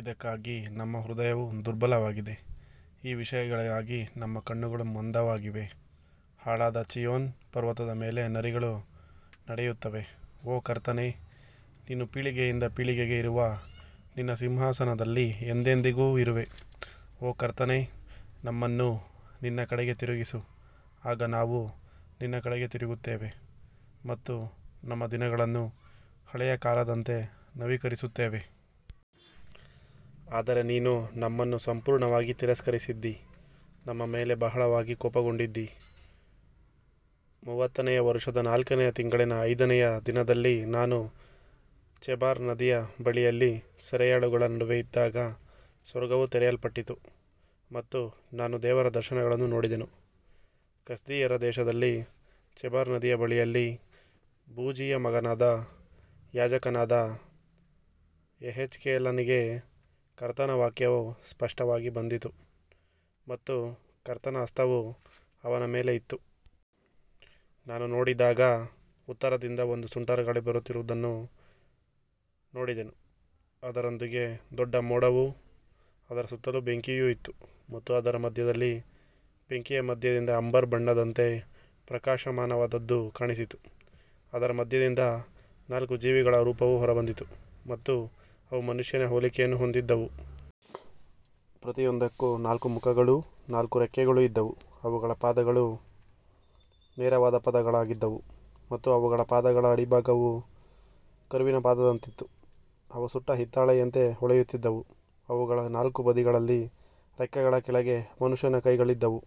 ಇದಕ್ಕಾಗಿ ನಮ್ಮ ಹೃದಯವು ದುರ್ಬಲವಾಗಿದೆ, ಈ ವಿಷಯಗಳಿಗಾಗಿ ನಮ್ಮ ಕಣ್ಣುಗಳು ಮಂದವಾಗಿವೆ. ಹಾಳಾದ ಚೀಯೋನ್ ಪರ್ವತದ ಮೇಲೆ ನರಿಗಳು ನಡೆಯುತ್ತವೆ. ಓ ಕರ್ತನೇ, ನೀನು ಪೀಳಿಗೆಯಿಂದ ಪೀಳಿಗೆಗೆ ಇರುವ ನಿನ್ನ ಸಿಂಹಾಸನದಲ್ಲಿ ಎಂದೆಂದಿಗೂ ಇರುವೆ. ಓ ಕರ್ತನೇ, ನಮ್ಮನ್ನು ನಿನ್ನ ಕಡೆಗೆ ತಿರುಗಿಸು, ಆಗ ನಾವು ನಿನ್ನ ಕಡೆಗೆ ತಿರುಗುತ್ತೇವೆ ಮತ್ತು ನಮ್ಮ ದಿನಗಳನ್ನು ಹಳೆಯ ಕಾಲದಂತೆ ನವೀಕರಿಸುತ್ತೇವೆ. ಆದರೆ ನೀನು ನಮ್ಮನ್ನು ಸಂಪೂರ್ಣವಾಗಿ ತಿರಸ್ಕರಿಸಿದ್ದೀ, ನಮ್ಮ ಮೇಲೆ ಬಹಳವಾಗಿ ಕೋಪಗೊಂಡಿದ್ದೀ. ಮೂವತ್ತನೆಯ ವರುಷದ ನಾಲ್ಕನೆಯ ತಿಂಗಳಿನ ಐದನೆಯ ದಿನದಲ್ಲಿ ನಾನು ಚೆಬಾರ್ ನದಿಯ ಬಳಿಯಲ್ಲಿ ಸೆರೆಯಾಳುಗಳ ನಡುವೆ ಇದ್ದಾಗ ಸ್ವರ್ಗವು ತೆರೆಯಲ್ಪಟ್ಟಿತು ಮತ್ತು ನಾನು ದೇವರ ದರ್ಶನಗಳನ್ನು ನೋಡಿದೆನು. ಕಸ್ದೀಯರ ದೇಶದಲ್ಲಿ ಚೆಬಾರ್ ನದಿಯ ಬಳಿಯಲ್ಲಿ ಬೂಜಿಯ ಮಗನಾದ ಯಾಜಕನಾದ ಯೆಹೆಜ್ಕೇಲನಿಗೆ ಕರ್ತನ ವಾಕ್ಯವು ಸ್ಪಷ್ಟವಾಗಿ ಬಂದಿತು ಮತ್ತು ಕರ್ತನ ಹಸ್ತವು ಅವನ ಮೇಲೆ ಇತ್ತು. ನಾನು ನೋಡಿದಾಗ, ಉತ್ತರದಿಂದ ಒಂದು ಸುಂಟರಗಾಳಿ ಬರುತ್ತಿರುವುದನ್ನು ನೋಡಿದೆನು. ಅದರೊಂದಿಗೆ ದೊಡ್ಡ ಮೋಡವೂ ಅದರ ಸುತ್ತಲೂ ಬೆಂಕಿಯೂ ಇತ್ತು ಮತ್ತು ಅದರ ಮಧ್ಯದಲ್ಲಿ ಬೆಂಕಿಯ ಮಧ್ಯದಿಂದ ಅಂಬರ್ ಬಣ್ಣದಂತೆ ಪ್ರಕಾಶಮಾನವಾದದ್ದು ಕಾಣಿಸಿತು. ಅದರ ಮಧ್ಯದಿಂದ ನಾಲ್ಕು ಜೀವಿಗಳ ರೂಪವು ಹೊರಬಂದಿತು ಮತ್ತು ಅವು ಮನುಷ್ಯನ ಹೋಲಿಕೆಯನ್ನು ಹೊಂದಿದ್ದವು. ಪ್ರತಿಯೊಂದಕ್ಕೂ ನಾಲ್ಕು ಮುಖಗಳೂ ನಾಲ್ಕು ರೆಕ್ಕೆಗಳೂ ಇದ್ದವು. ಅವುಗಳ ಪಾದಗಳು ನೇರವಾದ ಪಾದಗಳಾಗಿದ್ದವು ಮತ್ತು ಅವುಗಳ ಪಾದಗಳ ಅಡಿಭಾಗವು ಕರುವಿನ ಪಾದದಂತಿತ್ತು. ಅವು ಸುಟ್ಟ ಹಿತ್ತಾಳೆಯಂತೆ ಹೊಳೆಯುತ್ತಿದ್ದವು. ಅವುಗಳ ನಾಲ್ಕು ಬದಿಗಳಲ್ಲಿ ರೆಕ್ಕೆಗಳ ಕೆಳಗೆ ಮನುಷ್ಯನ ಕೈಗಳಿದ್ದವು.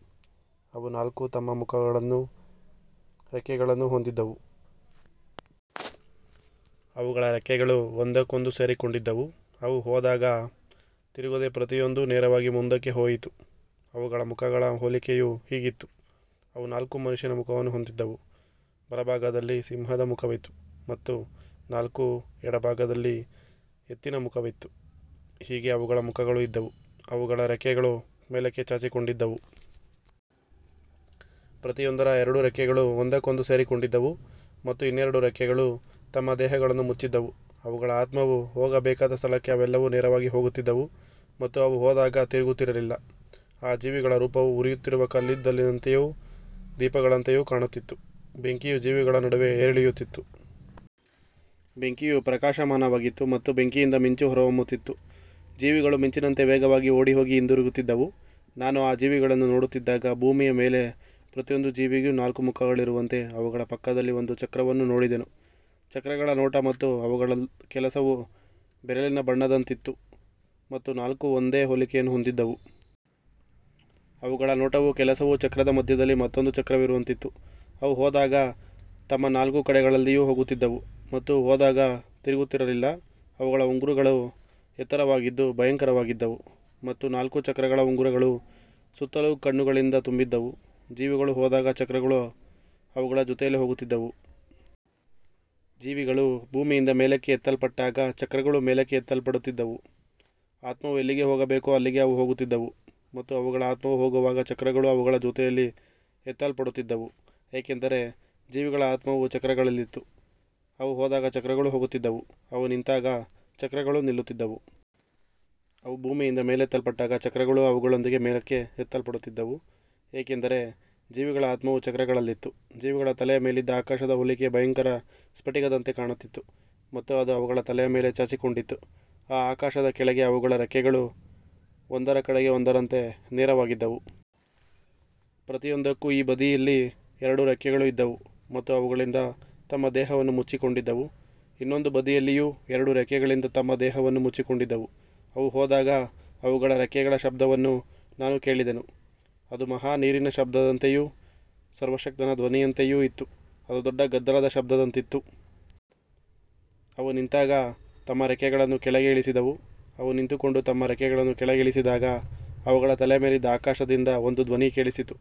ಅವು ನಾಲ್ಕೂ ತಮ್ಮ ಮುಖಗಳನ್ನೂ ರೆಕ್ಕೆಗಳನ್ನೂ ಹೊಂದಿದ್ದವು. ಅವುಗಳ ರೆಕ್ಕೆಗಳು ಒಂದಕ್ಕೊಂದು ಸೇರಿಕೊಂಡಿದ್ದವು. ಅವು ಹೋದಾಗ ತಿರುಗದೆ, ಪ್ರತಿಯೊಂದೂ ನೇರವಾಗಿ ಮುಂದಕ್ಕೆ ಹೋಯಿತು. ಅವುಗಳ ಮುಖಗಳ ಹೋಲಿಕೆಯು ಹೀಗಿತ್ತು, ಅವು ನಾಲ್ಕೂ ಮನುಷ್ಯನ ಮುಖವನ್ನು ಹೊಂದಿದ್ದವು, ಬಲಭಾಗದಲ್ಲಿ ಸಿಂಹದ ಮುಖವಿತ್ತು ಮತ್ತು ನಾಲ್ಕೂ ಎಡಭಾಗದಲ್ಲಿ ಎತ್ತಿನ ಮುಖವಿತ್ತು. ಹೀಗೆ ಅವುಗಳ ಮುಖಗಳು ಇದ್ದವು. ಅವುಗಳ ರೆಕ್ಕೆಗಳು ಮೇಲಕ್ಕೆ ಚಾಚಿಕೊಂಡಿದ್ದವು. ಪ್ರತಿಯೊಂದರ ಎರಡು ರೆಕ್ಕೆಗಳು ಒಂದಕ್ಕೊಂದು ಸೇರಿಕೊಂಡಿದ್ದವು ಮತ್ತು ಇನ್ನೆರಡು ರೆಕ್ಕೆಗಳು ತಮ್ಮ ದೇಹಗಳನ್ನು ಮುಚ್ಚಿದ್ದವು. ಅವುಗಳ ಆತ್ಮವು ಹೋಗಬೇಕಾದ ಸ್ಥಳಕ್ಕೆ ಅವೆಲ್ಲವೂ ನೇರವಾಗಿ ಹೋಗುತ್ತಿದ್ದವು ಮತ್ತು ಅವು ಹೋದಾಗ ತಿರುಗುತ್ತಿರಲಿಲ್ಲ. ಆ ಜೀವಿಗಳ ರೂಪವು ಉರಿಯುತ್ತಿರುವ ಕಲ್ಲಿದ್ದಲಿನಂತೆಯೂ ದೀಪಗಳಂತೆಯೂ ಕಾಣುತ್ತಿತ್ತು. ಬೆಂಕಿಯು ಜೀವಿಗಳ ನಡುವೆ ಏರಿಳಿಯುತ್ತಿತ್ತು. ಬೆಂಕಿಯು ಪ್ರಕಾಶಮಾನವಾಗಿತ್ತು ಮತ್ತು ಬೆಂಕಿಯಿಂದ ಮಿಂಚು ಹೊರಹೊಮ್ಮುತ್ತಿತ್ತು. ಜೀವಿಗಳು ಮಿಂಚಿನಂತೆ ವೇಗವಾಗಿ ಓಡಿಹೋಗಿ ಹಿಂದಿರುಗುತ್ತಿದ್ದವು. ನಾನು ಆ ಜೀವಿಗಳನ್ನು ನೋಡುತ್ತಿದ್ದಾಗ, ಭೂಮಿಯ ಮೇಲೆ ಪ್ರತಿಯೊಂದು ಜೀವಿಗೂ ನಾಲ್ಕು ಮುಖಗಳಿರುವಂತೆ ಅವುಗಳ ಪಕ್ಕದಲ್ಲಿ ಒಂದು ಚಕ್ರವನ್ನು ನೋಡಿದೆನು. ಚಕ್ರಗಳ ನೋಟ ಮತ್ತು ಅವುಗಳ ಕೆಲಸವು ಬೆರಿಲಿನ ಬಣ್ಣದಂತಿತ್ತು ಮತ್ತು ನಾಲ್ಕೂ ಒಂದೇ ಹೋಲಿಕೆಯನ್ನು ಹೊಂದಿದ್ದವು. ಅವುಗಳ ನೋಟವೂ ಕೆಲಸವೂ ಚಕ್ರದ ಮಧ್ಯದಲ್ಲಿ ಮತ್ತೊಂದು ಚಕ್ರವಿರುವಂತಿತ್ತು. ಅವು ಹೋದಾಗ ತಮ್ಮ ನಾಲ್ಕು ಕಡೆಗಳಲ್ಲಿಯೂ ಹೋಗುತ್ತಿದ್ದವು ಮತ್ತು ಹೋದಾಗ ತಿರುಗುತ್ತಿರಲಿಲ್ಲ. ಅವುಗಳ ಉಂಗುರಗಳು ಎತ್ತರವಾಗಿದ್ದು ಭಯಂಕರವಾಗಿದ್ದವು ಮತ್ತು ನಾಲ್ಕೂ ಚಕ್ರಗಳ ಉಂಗುರಗಳು ಸುತ್ತಲೂ ಕಣ್ಣುಗಳಿಂದ ತುಂಬಿದ್ದವು. ಜೀವಿಗಳು ಹೋದಾಗ ಚಕ್ರಗಳೂ ಅವುಗಳ ಜೊತೆಯಲ್ಲಿ ಹೋಗುತ್ತಿದ್ದವು. ಜೀವಿಗಳು ಭೂಮಿಯಿಂದ ಮೇಲಕ್ಕೆ ಎತ್ತಲ್ಪಟ್ಟಾಗ ಚಕ್ರಗಳೂ ಮೇಲಕ್ಕೆ ಎತ್ತಲ್ಪಡುತ್ತಿದ್ದವು. ಆತ್ಮವು ಎಲ್ಲಿಗೆ ಹೋಗಬೇಕೋ ಅಲ್ಲಿಗೆ ಅವು ಹೋಗುತ್ತಿದ್ದವು ಮತ್ತು ಅವುಗಳ ಆತ್ಮವು ಹೋಗುವಾಗ ಚಕ್ರಗಳೂ ಅವುಗಳ ಜೊತೆಯಲ್ಲಿ ಎತ್ತಲ್ಪಡುತ್ತಿದ್ದವು, ಏಕೆಂದರೆ ಜೀವಿಗಳ ಆತ್ಮವು ಚಕ್ರಗಳಲ್ಲಿತ್ತು. ಅವು ಹೋದಾಗ ಚಕ್ರಗಳೂ ಹೋಗುತ್ತಿದ್ದವು. ಅವು ನಿಂತಾಗ ಚಕ್ರಗಳೂ ನಿಲ್ಲುತ್ತಿದ್ದವು. ಅವು ಭೂಮಿಯಿಂದ ಮೇಲೆತ್ತಲ್ಪಟ್ಟಾಗ ಚಕ್ರಗಳೂ ಅವುಗಳೊಂದಿಗೆ ಮೇಲಕ್ಕೆ ಎತ್ತಲ್ಪಡುತ್ತಿದ್ದವು, ಏಕೆಂದರೆ ಜೀವಿಗಳ ಆತ್ಮವು ಚಕ್ರಗಳಲ್ಲಿತ್ತು. ಜೀವಿಗಳ ತಲೆಯ ಮೇಲಿದ್ದ ಆಕಾಶದ ಹೋಲಿಕೆಯು ಭಯಂಕರ ಸ್ಫಟಿಕದಂತೆ ಕಾಣುತ್ತಿತ್ತು ಮತ್ತು ಅದು ಅವುಗಳ ತಲೆಯ ಮೇಲೆ ಚಾಚಿಕೊಂಡಿತ್ತು. ಆ ಆಕಾಶದ ಕೆಳಗೆ ಅವುಗಳ ರೆಕ್ಕೆಗಳು ಒಂದರ ಕಡೆಗೆ ಒಂದರಂತೆ ನೇರವಾಗಿದ್ದವು. ಪ್ರತಿಯೊಂದಕ್ಕೂ ಈ ಬದಿಯಲ್ಲಿ ಎರಡು ರೆಕ್ಕೆಗಳು ಇದ್ದವು ಮತ್ತು ಅವುಗಳಿಂದ ತಮ್ಮ ದೇಹವನ್ನು ಮುಚ್ಚಿಕೊಂಡಿದ್ದವು. ಇನ್ನೊಂದು ಬದಿಯಲ್ಲಿಯೂ ಎರಡು ರೆಕ್ಕೆಗಳಿಂದ ತಮ್ಮ ದೇಹವನ್ನು ಮುಚ್ಚಿಕೊಂಡಿದ್ದವು. ಅವು ಹೋದಾಗ ಅವುಗಳ ರೆಕ್ಕೆಗಳ ಶಬ್ದವನ್ನು ನಾನು ಕೇಳಿದೆನು. ಅದು ಮಹಾ ನೀರಿನ ಶಬ್ದದಂತೆಯೂ ಸರ್ವಶಕ್ತನ ಧ್ವನಿಯಂತೆಯೂ ಇತ್ತು. ಅದು ದೊಡ್ಡ ಗದ್ದಲದ ಶಬ್ದದಂತಿತ್ತು. ಅವು ನಿಂತಾಗ ತಮ್ಮ ರೆಕ್ಕೆಗಳನ್ನು ಕೆಳಗೆ ಇಳಿಸಿದವು. ಅವು ನಿಂತುಕೊಂಡು ತಮ್ಮ ರೆಕ್ಕೆಗಳನ್ನು ಕೆಳಗೆ ಇಳಿಸಿದಾಗ, ಅವುಗಳ ತಲೆಯ ಮೇಲಿದ್ದ ಆಕಾಶದಿಂದ ಒಂದು ಧ್ವನಿ ಕೇಳಿಸಿತು.